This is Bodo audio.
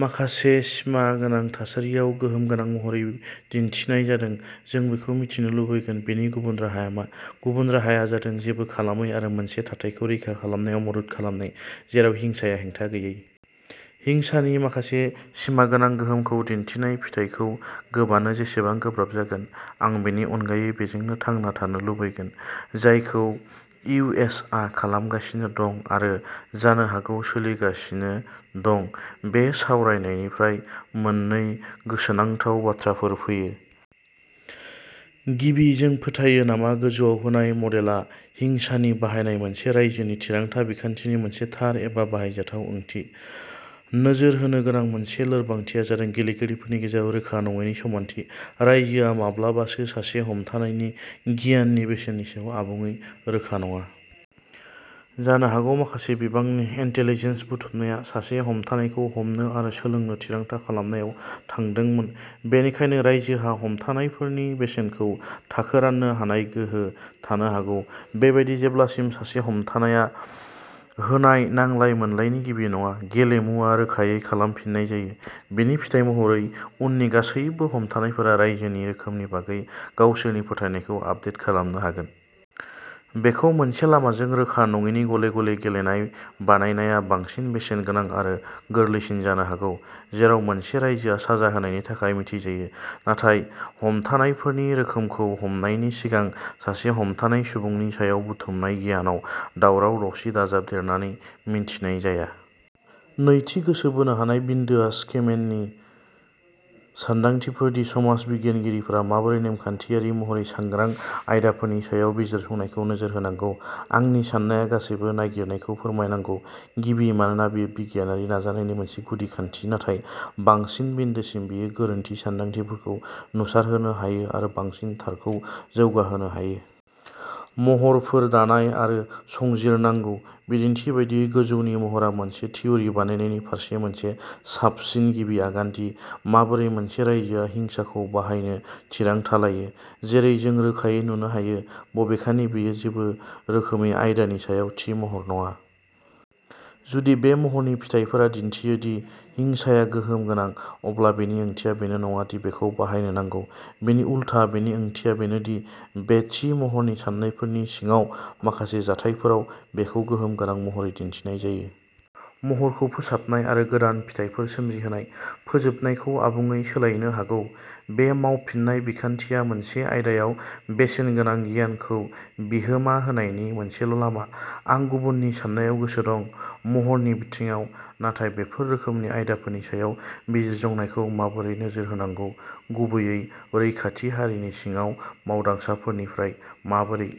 माखासे सिमा गोनां थासारियाव गोहोम गोनां महरै दिन्थिनाय जादों, जों बेखौ मिथिनो लुबैगोन। बेनि गुबुन राहाया मा? गुबुन राहाया जादों जेबो खालामै आरो मोनसे थाथायखौ रैखा खालामनायाव मदद खालामनाय जेराव हिंसाया हेंथा गैयै। हिंसानि माखासे सिमा गोनां गोहोमखौ दिन्थिनाय फिथायखौ गोबानो जेसेबां गोब्राब जागोन, आं बेनि अनगायै बेजोंनो थांना थानो लुबैगोन, जायखौ इउ. एस. आ खालामगासिनो दं-आरो जानो हागौ सोलिगासिनो दं। बे सावरायनायनिफ्राय मोननै गोसोनांथाव बाथ्राफोर फैयो। गिबि, जों फोथायो नामा गोजौआव होनाय मडेलआ हिंसानि बाहायनाय मोनसे रायजोनि थिरांथा बिखान्थिनि मोनसे थार एबा बाहायजाथाव ओंथि? नोजोर होनो गोनां मोनसे लोरबांथिया जादों गेलेगिरिफोरनि गेजेराव रोखा नङैनि समानथि। रायजोआ माब्लाबासो सासे हमथानायनि गियाननि बेसेननि सायाव आबुङै रोखा नङा। जानो हागौ माखासे बिबांनि इन्टेलिजेन्स बुथुमनाया सासे हमथानायखौ हमनो आरो सोंनो थिरांथा खालामनायाव थांदोंमोन, बेनिखायनो, रायजोहा हमथानायफोरनि बेसेनखौ थाखो राननो हानाय गोहो थानो हागौ। बेबायदिनो, जेब्लासिम सासे हमथानायआ होनाय नांलाय-मोनलायनि गिबि नङा, गेलेमुआ रोखायै खालामफिननाय जायो; बेनि फिथाय महरै, उननि गासैबो हमथानायफोरा रायजोनि रोखोमनि बागै गावसोरनि फोथायनायखौ आपदेट खालामनो हागोन। बेखौ मोनसे-लामाजों रोखा नङैनि गले-गले गेलेनाय बानायनाया बांसिन बेसेनगोनां आरो गोरलैसिन जानो हागौ, जेराव मोनसे रायजोआ साजा होनायनि थाखाय मिथिजायो, नाथाय हमथानायफोरनि रोखोमखौ हमनायनि सिगां सासे हमथानाय सुबुंनि सायाव बुथुमनाय गियानाव दावराव-दावसि दाजाबदेरनानै मिन्थिनाय जाया। नैथि गोसो बोनो हानाय बिन्दोआ स्किमेननि सानदांथिफोर दि समाज बिगियानगिरिफोरा माबोरै नेमखान्थियारि महरै सांग्रां आयदाफोरनि सायाव बिजिरसंनायखौ नोजोर होनांगौ। आंनि साननाया गासैबो नागिरनायखौ फोरमायनांगौ; गिबि मानोना बेयो बिगियानारि नाजानायनि मोनसे गुदि खान्थि, नाथाय बांसिन बिन्दोसिम, बेयो गोरोन्थि सान्दांथिफोरखौ नुसारहोनो हायो आरो बांसिन थारखौ जौगाहोनो हायो। महरफोर दानाय आरो संजिरनांगौ। बिदिन्थि बायदियै, गोजौनि महरआ मोनसे थिउरि बानायनायनि फारसे मोनसे साबसिन गिबि आगान दि माबोरै मोनसे रायजोआ हिंसाखौ बाहायनो थिरांथा लायो। जेरै जों रोखायै नुनो हायो, बबेखानि, बेयो जेबो रोखोमै आयदानि सायाव थि महर नङा। जुदि बे महरनि फिथायफोरा दिन्थियो दि हिंसाया गोहोम गोनां, अब्ला बेनि ओंथिया बेनो नङा दि बेखौ बाहायनो नांगौ। बिनि उलथा, बेनि ओंथिया बेनो दि बे थि महरनि सान्नायफोरनि सिङाव, माखासे जाथायफोराव, बेखौ गोहोम गोनां महरै दिन्थिनाय जायो। महरखौ फोसाबनाय, आरो गोदान फिथायफोर सोमजिहोनाय, फोजोबनायखौ आबुङै सोलायनो हागौ। बे मावफिननाय बिखान्थिया मोनसे आयदायाव बेसेनगोनां गियानखौ बिहोमा होनायनि मोनसेल'लामा। आं गुबुननि साननायाव गोसो दं, महरनि बिथिङाव, नाथाय बेफोर रोखोमनि आयदाफोरनि सायाव बिजिरसंनायखौ माबोरै नोजोर होनांगौ। गुबैयै रैखाथि हारिनि सिङाव मावदांसाफोरनिफ्राय। माबोरै